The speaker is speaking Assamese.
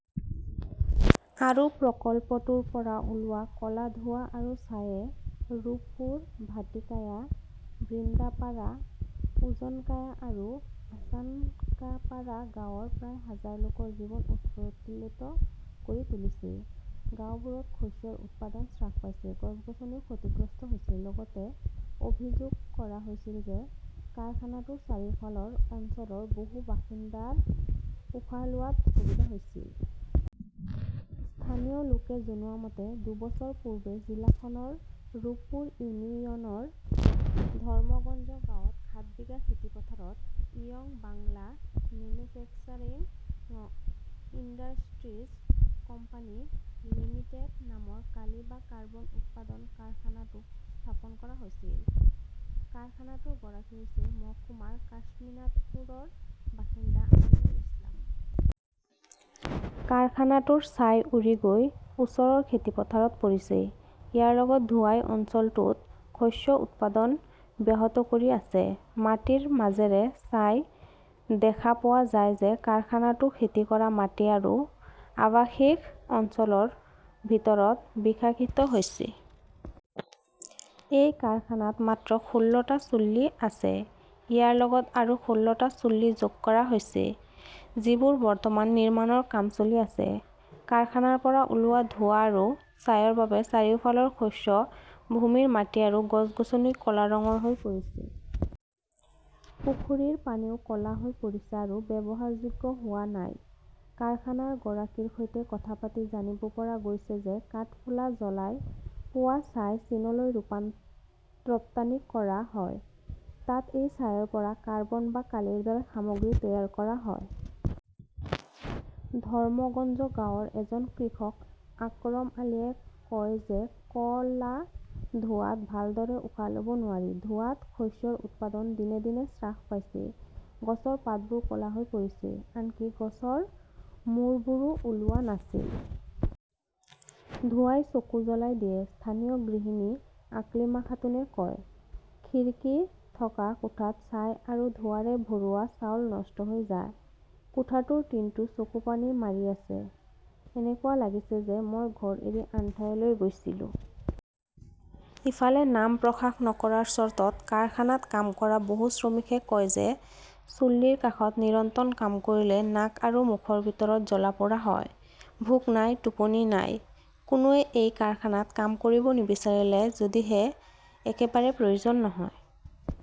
আৰু প্ৰকল্পটোৰ পৰা ওলোৱা ক 'লা ধোঁৱা আৰু ছাইয়ে ৰূপপুৰ, ভাটিকায়া, বৃন্দাপাৰা, উজানকায়া আৰু আচানকাপাৰা গাঁৱৰ প্ৰায় হাজাৰ লোকৰ জীৱন উৎফুল্লিত কৰি তুলিছে। গাওঁবোৰত শস্যৰ উৎপাদন হ্ৰাস পাইছে, গছ-গছনিও ক্ষতিগ্ৰস্ত হৈছে। লগতে অভিযোগ কৰা হৈছিল যে কাৰখানাটোৰ চাৰিওফালৰ অঞ্চলৰ বহু বাসিন্দাৰ উশাহ লোৱাত অসুবিধা হৈছিল। স্থানীয় লোকে জনোৱা মতে, দুবছৰ পূৰ্বে জিলাখনৰ ৰূপপুৰ ইউনিয়নৰ ধৰ্মগঞ্জ গাঁৱৰ সাত বিঘা খেতি পথাৰত 'Young Bangla Manufacturing Industries Company Limited' নামৰ কালি বা কাৰ্বন উৎপাদন কাৰখানাটো স্থাপন কৰা হৈছিল। কাৰখানাটোৰ গৰাকী হৈছে মহকুমাৰ কাশীনাথপুৰৰ বাসিন্দা আমিনুল ইছলাম। কাৰখানাটোৰ ছাই উৰি গৈ ওচৰৰ খেতি পথাৰত পৰিছে। ইয়াৰ লগত ধোঁৱাই অঞ্চলটোত শস্য উৎপাদন ব্যাহত কৰি আছে। মাটিৰ মাজেৰে চাই দেখা পোৱা যায় যে কাৰখানাটো খেতি কৰা মাটি আৰু আৱাসিক অঞ্চলৰ ভিতৰত বিকশিত হৈছে। এই কাৰখানাত মাত্ৰ ষোল্লটা চুল্লি আছে। ইয়াৰ লগত আৰু ষোল্লটা চুল্লি যোগ কৰা হৈছে, যিবোৰ বৰ্তমান নিৰ্মাণৰ কাম চলি আছে। কাৰখানাৰ পৰা ওলোৱা ধোঁৱা আৰু ছাইৰ বাবে চাৰিওফালৰ শস্য ভূমিৰ মাটি আৰু গছ-গছনি ক 'লা ৰঙৰ হৈ পৰিছে। পুখুৰীৰ পানীও ক 'লা হৈ পৰিছে আৰু ব্যৱহাৰযোগ্য হোৱা নাই। কাৰখানাৰ গৰাকীৰ সৈতে কথা পাতি জানিব পৰা গৈছে যে কাঠফুলা জ্বলাই পোৱা ছাই চীনলৈ ৰপ্তানি কৰা হয়। তাত এই ছাইৰ পৰা কাৰ্বন বা কালিৰ দৰে সামগ্ৰী তৈয়াৰ কৰা হয়। ধৰ্মগঞ্জ গাঁৱৰ এজন কৃষক আকৰম আলীয়ে কয় যে ক 'লা ধোঁৱাত ভালদৰে উশাহ ল'ব নোৱাৰি। ধোঁৱাত শস্যৰ উৎপাদন দিনে দিনে হ্ৰাস পাইছে। গছৰ পাতবোৰ ক 'লা হৈ পৰিছে। আনকি গছৰ মূৰবোৰো ওলোৱা নাছিল। ধোঁৱাই চকু জ্বলাই দিয়ে, স্থানীয় গৃহিণী আকলিমা খাতুনে কয়। খিৰিকী থকা কোঠাত ছাই আৰু ধোঁৱাৰে ভৰোৱা চাউল নষ্ট হৈ যায়। কোঠাটোৰ টিনটো চকুপানী মাৰি আছে। এনেকুৱা লাগিছে যেন মই ঘৰ এৰি আন ঠাইলৈ গৈছিলো। ইফালে, নাম প্ৰকাশ নকৰাৰ চৰ্তত কাৰখানাত কাম কৰা বহু শ্ৰমিকে কয় যে, চুল্লীৰ কাষত নিৰন্তৰ কাম কৰিলে নাক আৰু মুখৰ ভিতৰত জ্বলা-পোৰা হয়। ভোক নাই, টোপনি নাই। কোনোৱে এই কাৰখানাত কাম কৰিব নিবিচাৰে যদিহে একেবাৰে প্ৰয়োজন নহয়।